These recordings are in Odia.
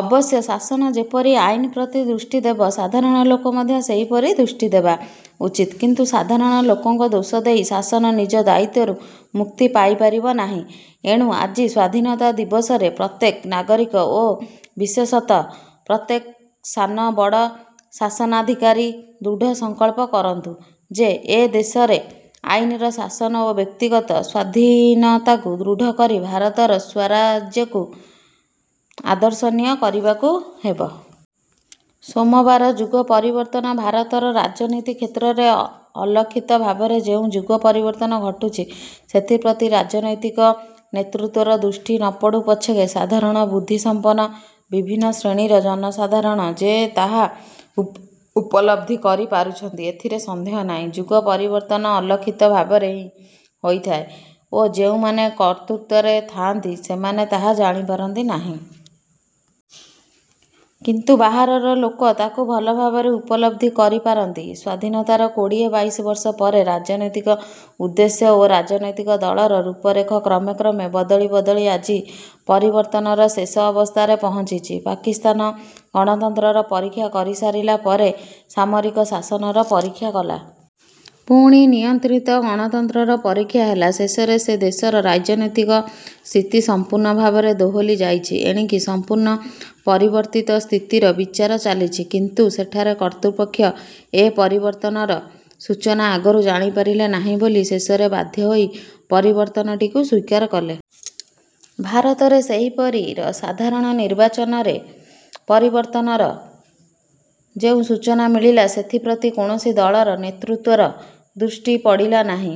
ଅବଶ୍ୟ ଶାସନ ଯେପରି ଆଇନପ୍ରତି ଦୃଷ୍ଟି ଦେବ ସାଧାରଣ ଲୋକ ମଧ୍ୟ ସେହିପରି ଦୃଷ୍ଟି ଦେବା ଉଚିତ। କିନ୍ତୁ ସାଧାରଣ ଲୋକଙ୍କ ଦୋଷ ଦେଇ ଶାସନ ନିଜ ଦାୟିତ୍ୱରୁ ମୁକ୍ତି ପାଇ ପାରିବ ନାହିଁ। ଏଣୁ ଆଜି ସ୍ୱାଧୀନତା ଦିବସରେ ପ୍ରତ୍ୟେକ ନାଗରିକ ଓ ବିଶେଷତଃ ପ୍ରତ୍ୟେକ ସାନ ବଡ଼ ଶାସନାଧିକାରୀ ଦୃଢ଼ ସଂକଳ୍ପ କରନ୍ତୁ ଯେ ଏ ଦେଶରେ ଆଇନର ଶାସନ ଓ ବ୍ୟକ୍ତିଗତ ସ୍ୱାଧୀନତାକୁ ଦୃଢ଼ କରି ଭାରତର ସ୍ୱରାଜ୍ୟକୁ ଆଦର୍ଶସ୍ଥାନୀୟ କରିବାକୁ ହେବ। ସୋମବାର ଯୁଗ ପରିବର୍ତ୍ତନ ଭାରତର ରାଜନୀତି କ୍ଷେତ୍ରରେ ଅଲକ୍ଷିତ ଭାବରେ ଯେଉଁ ଯୁଗ ପରିବର୍ତ୍ତନ ଘଟୁଛି ସେଥିପ୍ରତି ରାଜନୈତିକ ନେତୃତ୍ୱର ଦୃଷ୍ଟି ନପଡ଼ୁ ପଛକେ, ସାଧାରଣ ବୁଦ୍ଧି ସମ୍ପନ୍ନ ବିଭିନ୍ନ ଶ୍ରେଣୀର ଜନସାଧାରଣ ଯେ ତାହା ଉପଲବ୍ଧି କରି ପାରୁଛନ୍ତି ଏଥିରେ ସନ୍ଦେହ ନାହିଁ। ଯୁଗ ପରିବର୍ତ୍ତନ ଅଲକ୍ଷିତ ଭାବରେ ହିଁ ହୋଇଥାଏ ଓ ଯେଉଁମାନେ କର୍ତ୍ତୃତ୍ୱରେ ଥାଆନ୍ତି ସେମାନେ ତାହା ଜାଣିପାରନ୍ତି ନାହିଁ। କିନ୍ତୁ ବାହାରର ଲୋକ ତା'କୁ ଭଲଭାବରେ ଉପଲବ୍ଧି କରିପାରନ୍ତି। ସ୍ୱାଧୀନତାର କୋଡ଼ିଏ ବାଇଶବର୍ଷ ପରେ ରାଜନୈତିକ ଉଦ୍ଦେଶ୍ୟ ଓ ରାଜନୈତିକ ଦଳର ରୂପରେଖ କ୍ରମେ କ୍ରମେ ବଦଳି ବଦଳି ଆଜି ପରିବର୍ତ୍ତନର ଶେଷ ଅବସ୍ଥାରେ ପହଞ୍ଚିଛି। ପାକିସ୍ତାନ ଗଣତନ୍ତ୍ରର ପରୀକ୍ଷା କରି ସାରିଲାପରେ ସାମରିକ ଶାସନର ପରୀକ୍ଷା କଲା। ପୁଣି ନିୟନ୍ତ୍ରିତ ଗଣତନ୍ତ୍ରର ପରୀକ୍ଷା ହେଲା। ଶେଷରେ ସେ ଦେଶର ରାଜନୈତିକ ସ୍ଥିତି ସମ୍ପୂର୍ଣ୍ଣ ଭାବରେ ଦୋହଲି ଯାଇଛି। ଏଣିକି ସମ୍ପୂର୍ଣ୍ଣ ପରିବର୍ତ୍ତିତ ସ୍ଥିତିର ବିଚାର ଚାଲିଛି। କିନ୍ତୁ ସେଠାରେ କର୍ତ୍ତୃପକ୍ଷ ଏ ପରିବର୍ତ୍ତନର ସୂଚନା ଆଗରୁ ଜାଣିପାରିଲେ ନାହିଁ ବୋଲି ଶେଷରେ ବାଧ୍ୟ ହୋଇ ପରିବର୍ତ୍ତନଟିକୁ ସ୍ୱୀକାର କଲେ। ଭାରତରେ ସେହିପରି ର ସାଧାରଣ ନିର୍ବାଚନରେ ପରିବର୍ତ୍ତନର ଯେଉଁ ସୂଚନା ମିଳିଲା ସେଥିପ୍ରତି କୌଣସି ଦଳର ନେତୃତ୍ୱର ଦୃଷ୍ଟି ପଡ଼ିଲା ନାହିଁ।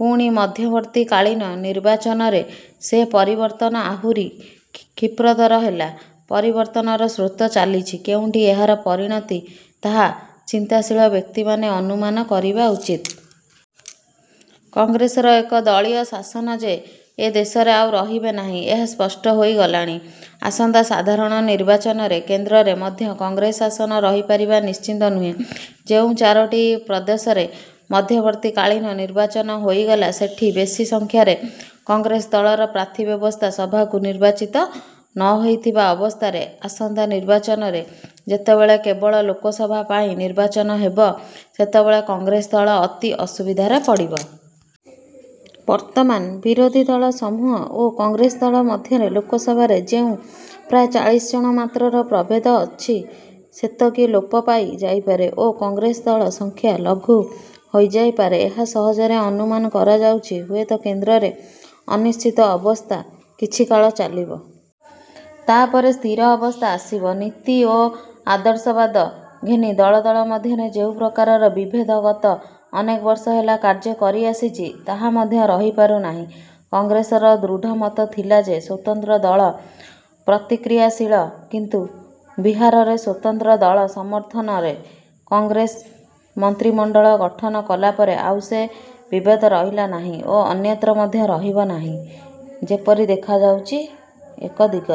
ପୁଣି ମଧ୍ୟବର୍ତ୍ତୀକାଳୀନ ନିର୍ବାଚନରେ ସେ ପରିବର୍ତ୍ତନ ଆହୁରି କ୍ଷିପ୍ରତର ହେଲା। ପରିବର୍ତ୍ତନର ସ୍ରୋତ ଚାଲିଛି। କେଉଁଠି ଏହାର ପରିଣତି ତାହା ଚିନ୍ତାଶୀଳ ବ୍ୟକ୍ତିମାନେ ଅନୁମାନ କରିବା ଉଚିତ। କଂଗ୍ରେସର ଏକ-ଦଳୀୟ ଶାସନ ଯେ ଏ ଦେଶରେ ଆଉ ରହିବ ନାହିଁ, ଏହା ସ୍ପଷ୍ଟ ହୋଇଗଲାଣି। ଆସନ୍ତା ସାଧାରଣ ନିର୍ବାଚନରେ କେନ୍ଦ୍ରରେ ମଧ୍ୟ କଂଗ୍ରେସ ଶାସନ ରହିପାରିବା ନିଶ୍ଚିତ ନୁହେଁ। ଯେଉଁ ଚାରୋଟି ପ୍ରଦେଶରେ ମଧ୍ୟବର୍ତ୍ତୀକାଳୀନ ନିର୍ବାଚନ ହୋଇଗଲା ସେଠି ବେଶି ସଂଖ୍ୟାରେ କଂଗ୍ରେସ ଦଳର ପ୍ରାର୍ଥୀ ବ୍ୟବସ୍ଥା ସଭାକୁ ନିର୍ବାଚିତ ନହୋଇଥିବା ଅବସ୍ଥାରେ ଆସନ୍ତା ନିର୍ବାଚନରେ ଯେତେବେଳେ କେବଳ ଲୋକସଭା ପାଇଁ ନିର୍ବାଚନ ହେବ ସେତେବେଳ କଂଗ୍ରେସ ଦଳ ଅତି ଅସୁବିଧାରେ ପଡ଼ିବ। ବର୍ତ୍ତମାନ ବିରୋଧୀଦଳ ସମୂହ ଓ କଂଗ୍ରେସ ଦଳ ମଧ୍ୟରେ ଲୋକସଭାରେ ଯେଉଁ ପ୍ରାୟ ଚାଳିଶ ଜଣ ମାତ୍ରର ପ୍ରଭେଦ ଅଛି ସେତକି ଲୋପ ପାଇ ଯାଇପାରେ ଓ କଂଗ୍ରେସ ଦଳ ସଂଖ୍ୟା ଲଘୁ ହୋଇଯାଇ ପାରେ- ଏହା ସହଜରେ ଅନୁମାନ କରାଯାଉଛି। ହୁଏତ କେନ୍ଦ୍ରରେ ଅନିଶ୍ଚିତ ଅବସ୍ଥା କିଛିକାଳ ଚାଲିବ। ତା'ପରେ ସ୍ଥିର ଅବସ୍ଥା ଆସିବ। ନୀତି ଓ ଆଦର୍ଶବାଦ ଘେନି ଦଳ ଦଳ ମଧ୍ୟରେ ଯେଉଁ ପ୍ରକାରର ବିଭେଦ ଗତ ଅନେକବର୍ଷ ହେଲା କାର୍ଯ୍ୟ କରି ଆସିଛି ତାହା ମଧ୍ୟ ରହିପାରୁନାହିଁ। କଂଗ୍ରେସର ଦୃଢ଼ମତ ଥିଲା ଯେ ସ୍ୱତନ୍ତ୍ର ଦଳ ପ୍ରତିକ୍ରିୟାଶୀଳ। କିନ୍ତୁ ବିହାରରେ ସ୍ୱତନ୍ତ୍ର ଦଳ ସମର୍ଥନରେ କଂଗ୍ରେସ ମନ୍ତ୍ରିମଣ୍ଡଳ ଗଠନ କଲାପରେ ଆଉ ସେ ବିଭେଦ ରହିଲା ନାହିଁ ଓ ଅନ୍ୟତ୍ର ମଧ୍ୟ ରହିବ ନାହିଁ। ଯେପରି ଦେଖାଯାଉଛି ଏକ ଦିଗରେ